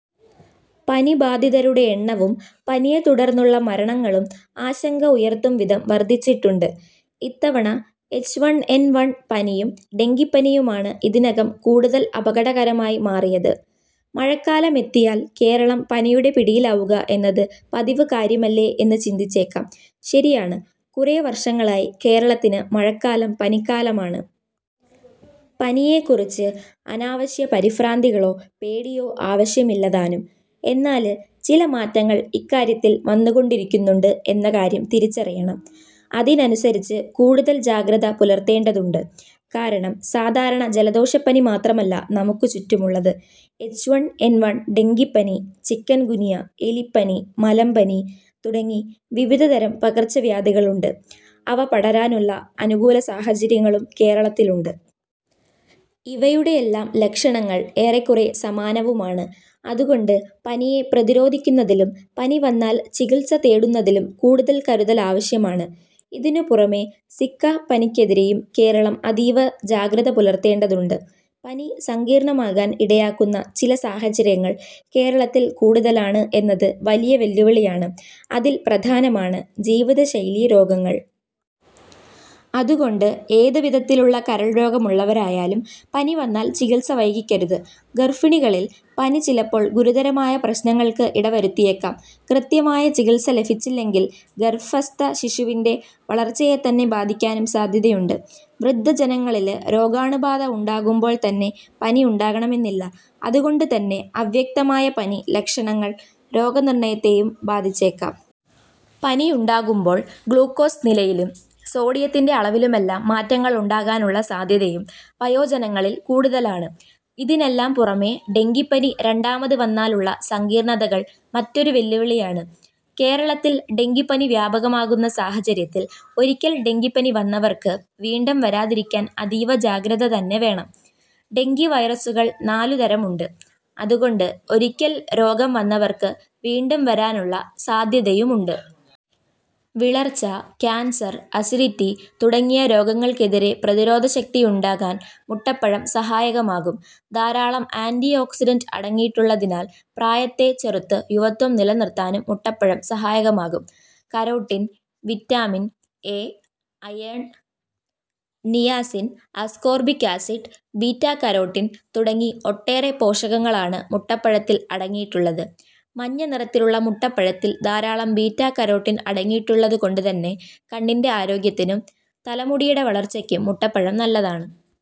പനി ബാധിതരുടെ എണ്ണവും പനിയെ തുടർന്നുള്ള മരണങ്ങളും ആശങ്ക ഉയർത്തും വിധം വര്ധിച്ചിട്ടുണ്ട്. ഇത്തവണ എച്ച് വണ് എന് വണ് പനിയും ഡെങ്കിപ്പനിയുമാണ് ഇതിനകം കൂടുതല് അപകടകരമായി മാറിയത്. മഴക്കാലമെത്തിയാല് കേരളം പനിയുടെ പിടിയിലാവുക എന്നത് പതിവ് കാര്യമല്ലേ എന്ന് ചിന്തിച്ചേക്കാം. ശരിയാണ്, കുറേ വർഷങ്ങളായി കേരളത്തിന് മഴക്കാലം പനിക്കാലമാണ്. പനിയെക്കുറിച്ച് അനാവശ്യ പരിഭ്രാന്തികളോ പേടിയോ ആവശ്യമില്ല താനും. എന്നാല് ചില മാറ്റങ്ങള് ഇക്കാര്യത്തില് വന്നുകൊണ്ടിരിക്കുന്നുണ്ട് എന്ന കാര്യം തിരിച്ചറിയണം. അതിനനുസരിച്ച് കൂടുതല് ജാഗ്രത പുലര്ത്തേണ്ടതുണ്ട്. കാരണം സാധാരണ ജലദോഷപ്പനി മാത്രമല്ല നമുക്ക് ചുറ്റുമുള്ളത്. എച് വൺ എൻ വൺ, ഡെങ്കിപ്പനി, ചിക്കുന്ഗുനിയ എലിപ്പനി, മലമ്പനി തുടങ്ങി വിവധതരം പകര്ച്ചവ്യാധികളുണ്ട്. അവ പടരാനുള്ള അനുകൂല സാഹചര്യങ്ങളും കേരളത്തിലുണ്ട്. ഇവയുടെയെല്ലാം ലക്ഷണങ്ങള് എറെക്കുറേ സമാനവുമാണ്. അതുകൊണ്ട് പനിയെ പ്രതിരോധിക്കുന്നതിലും പനിവന്നാല് ചികിത്സ തേടുന്നതിലും കൂടുതല് കരുതല് ആവശ്യമാണ്. ഇതിന് പുറമേ സിക്ക പനിക്കെതിരെയും കേരളം അതിവ ജാഗ്രത പുലര്ത്തേണ്ടതുണ്ട്. പനി സങ്കീര്ണമാകാന് ഇടയാക്കുന്ന ചില സഹാചര്യങ്ങള് കേരളത്തില് കൂടുതലാണ് എന്നത് വലിയ വെല്ലുവിളിയാണ്. അതില് പ്രധാനമാണ് ജീവിതശൈലി രോഗങ്ങള്. അതുകൊണ്ട് എത് വിധത്തിലുള്ള കരള് രോഗമുള്ളവരായാലും പനിവന്നാല് ചികിത്സ വൈകിക്കരുത്. ഗര്ഭിണികളികള് പനി ചിലപ്പോള് ഗുരുതരമായ പ്രശ്നങ്ങള്ക്ക് ഇടവരുത്തിയേക്കാം. കൃത്യമായ ചികിത്സ ലഭിച്ചില്ലെങ്കില് ഗര്ഭസ്ഥ ശിശുവിന്റെ വളര്ച്ചയെതന്നെ ബാധിക്കാനും സാധ്യതയുണ്ട്. വൃദ്ധജനങ്ങളില് രോഗാണുബാധ ഉണ്ടാകുമ്പോള് തന്നെ പനി ഉണ്ടാകണമെന്നില്ല. അതുകൊണ്ട് തന്നെ അവ്യക്തമായ പനി ലക്ഷണങ്ങള് രോഗനിര്ണയത്തെയും ബാധിച്ചേക്കാം. പനി ഉണ്ടാകുമ്പോള് ഗ്ലൂക്കോസ് നിലയിലും സോഡിയത്തിന്റെ അളവിലുമെല്ലാം മാറ്റങ്ങള് ഉണ്ടാകാനുള്ള സാധ്യതയും വയോജനങ്ങളില് കൂടുതലാണ്. ഇതിനെല്ലാം പുറമേ, ഡെങ്കിപ്പനി രണ്ടാമത് വന്നാലുള്ള സങ്കീര്ണതകള് മറ്റൊരു വെല്ലുവിളിയാണ്. കേരളത്തില് ഡെങ്കിപ്പനി വ്യാപകമാകുന്ന സഹാചര്യത്തില് ഒരിക്കല് ഡെങ്കിപ്പനി വന്നവര്ക്ക് വീണ്ടും വരാതിരിക്കാന് അതീവ ജാഗ്രതതന്നെ വേണം. ഡെങ്കിവൈറസുകള് നാലുതരമുണ്ട്. അതുകൊണ്ട് ഒരിക്കല് രോഗം വന്നവര്ക്കും വീണ്ടും വരാനുള്ള സാധ്യതയുമുണ്ട്. വിളര്ച്ച, കാന്സര്, അസിഡിറ്റി തുടങ്ങിയ രോഗങ്ങള്ക്കെതിരെ പ്രതിരോധശക്തി ഉണ്ടാകാന് മുട്ടപ്പഴം സഹായകമാകും. ധാരാളം ആന്റിഓക്സിഡന്റ് അടങ്ങിയിട്ടുളളതിനാല് പ്രായത്തെ ചെറുത്ത് യുവത്വം നിലനിര്ത്താനും മുട്ടപ്പഴം സഹായകമാകും. Carotene, vitamin A, iron, niacin, ascorbic acid, beta carotene തുടങ്ങി ഒട്ടേറെ പോഷകങ്ങളാണ് മുട്ടപ്പഴത്തില് അടങ്ങിയിട്ടുളളത്. മഞ്ഞ നിറത്തിലുളള മുട്ടപ്പഴത്തില് ധാരാളം ബീറ്റാകരോട്ടിന് അടങ്ങിയിട്ടുളളത് കൊണ്ട് തന്നെ കണ്ണിന്റെ ആരോഗ്യത്തിനും തലമുടിയുടെ വളര്ച്ചയ്ക്കും മുട്ടപ്പഴം നല്ലതാണ്.